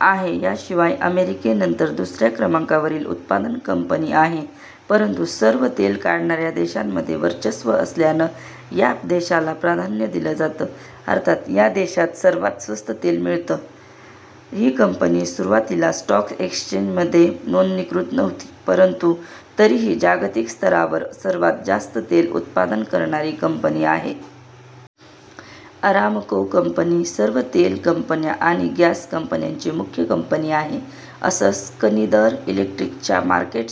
आहे. याशिवाय अमेरिकेनंतर दुसऱ्या क्रमांकावरील उत्पादन कंपनी आहे. परंतु सर्व तेल काढणाऱ्या देशांमध्ये वर्चस्व असल्यानं या देशाला प्राधान्य दिलं जातं, अर्थात या देशात सर्वांत स्वस्त तेल मिळतं. ही कंपनी सुरुवातीला स्टॉक एक्सेंजमध्ये नोंदणीकृत नव्हती परंतु तरीही ही जागतिक स्तरावर सर्वात जास्त तेल उत्पादन करणारी कंपनी आहे. अरामको कंपनी सर्व तेल कंपन्या आणि गॅस कंपन्यांची मुख्य कंपनी आहे. असं स्कनिदर इलेक्ट्रिकच्या मार्केट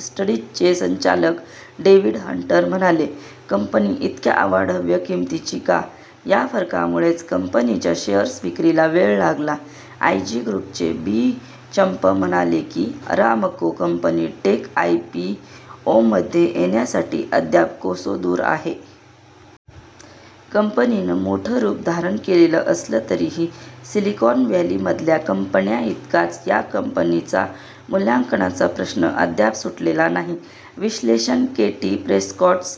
स्टडीजचे संचालक डेव्हिड हंटर म्हणाले. कंपनी इतक्या अवाढव्य किंमतीची का? या फरकामुळेच कंपनीच्या शेअर्स विक्रीला वेळ लागला. आयजी ग्रूपचे बीचंप म्हणाले की, अरामको कंपनी टेक आयपीओमध्ये येण्यासाठी अद्याप कोसो दूर आहे. कंपनीनं मोठं रूप धारण केलेलं असलं तरीही सिलिकॉन व्हॅलीमधल्या कंपन्यांइतकाच या कंपनीचा मूल्यांकनाचा प्रश्न अद्याप सुटलेला नाही. विश्लेषण केटी प्रेस्कॉटस,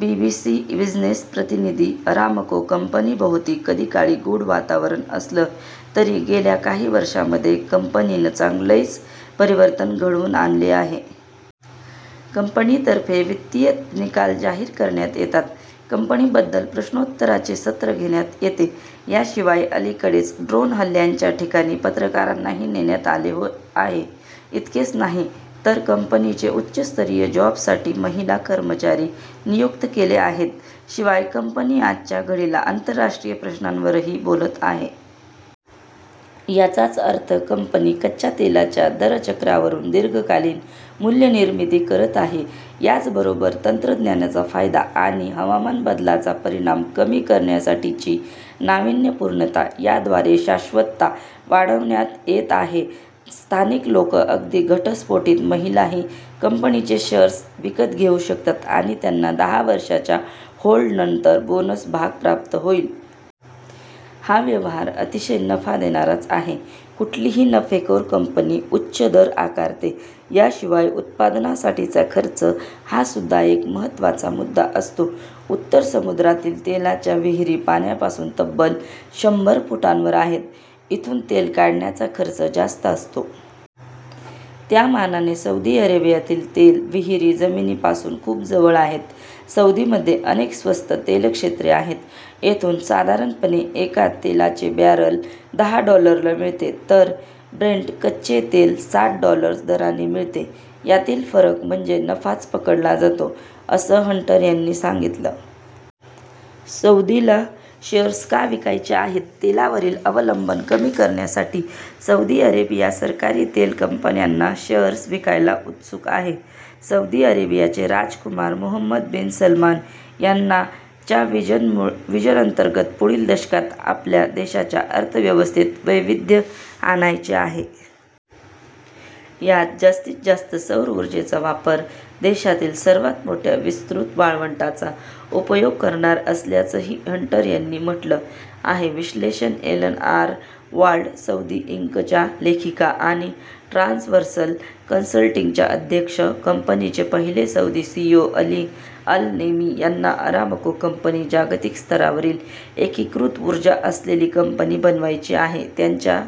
बीबीसी बिझनेस प्रतिनिधी. अरामको कंपनीभोवती कधीकाळी गूढ वातावरण असलं, तरी गेल्या काही वर्षांमध्ये कंपनीनं चांगलेच परिवर्तन घडवून आणले आहे. कंपनीतर्फे वित्तीय निकाल जाहीर करण्यात येतात, कंपनीबद्दल प्रश्नोत्तरांचे सत्र घेण्यात येते. याशिवाय अलीकडेच ड्रोन हल्ल्यांच्या ठिकाणी पत्रकारांनाही नेण्यात आले आहे. इतकेच नाही, तर कंपनीने उच्च स्तरीय जॉबसाठी महिला कर्मचारी नियुक्त केले आहेत. शिवाय कंपनी आजच्या घडीला आंतरराष्ट्रीय प्रश्नांवरही बोलत आहे. याचाच अर्थ कंपनी कच्च्या तेलाच्या दरचक्रावरून दीर्घकालीन मूल्यनिर्मिती' करत आहे. याबरोबरच तंत्रज्ञानाचा फायदा आणि हवामान बदलाचा परिणाम कमी करण्यासाठीची नावीन्यपूर्णता याद्वारे शाश्वतता वाढवण्यात येत आहे. स्थानिक लोक अगदी घटस्फोटित महिलाही कंपनीचे शेअर्स विकत घेऊ शकतात आणि त्यांना दहा वर्षांच्या होल्डनंतर बोनस भाग प्राप्त होतील. हा व्यवहार अतिशय नफा देणाराच आहे. कुठलीही नफेखोर कंपनी उच्च दर आकारते. याशिवाय उत्पादनासाठीचा खर्च हासुद्धा एक महत्त्वाचा मुद्दा असतो. उत्तर समुद्रातील तेलाच्या विहिरी पाण्यापासून तब्बल शंभर फुटांवर आहेत. इथून तेल काढण्याचा खर्च जास्त असतो. त्यामानाने सौदी अरेबियातील तेल विहिरी जमिनीपासून खूप जवळ आहेत. सौदीमध्ये अनेक स्वस्त तेलक्षेत्रे आहेत. येथून साधारणपणे एक तेलाचे बॅरल दहा डॉलरला मिळते. तर ब्रेंट कच्चे तेल साठ डॉलर्स दराने मिळते. यातील फरक म्हणजे नफाच पकडला जातो, असं हंटर यांनी सांगितलं. सौदीला शेअर्स का विकायचे आहेत? तेलावरील अवलंबन कमी करण्यासाठी सौदी अरेबिया सरकारी तेल कंपन्यांना शेअर्स विकायला उत्सुक आहे. सौदी अरेबियाचे राजकुमार मोहम्मद बिन सलमान यांना च्या व्हिजनअंतर्गत पुढील दशकात आपल्या देशाच्या अर्थव्यवस्थेत वैविध्य आणायचे आहे. यात जास्तीत जास्त सौर ऊर्जेचा वापर, देशातील सर्वांत मोठ्या विस्तृत वाळवंटाचा उपयोग करणार असल्याचंही, हंटर यांनी म्हटलं आहे. विश्लेषण एलन आर वाल्ड, सौदी इंकच्या लेखिका आणि ट्रान्सव्हर्सल कन्सल्टिंगच्या अध्यक्ष. कंपनीचे पहिले Saudi CEO Ali Al Naimi यांना अरामको कंपनी जागतिक स्तरावरील एकीकृत ऊर्जा असलेली कंपनी बनवायची आहे. त्यांच्या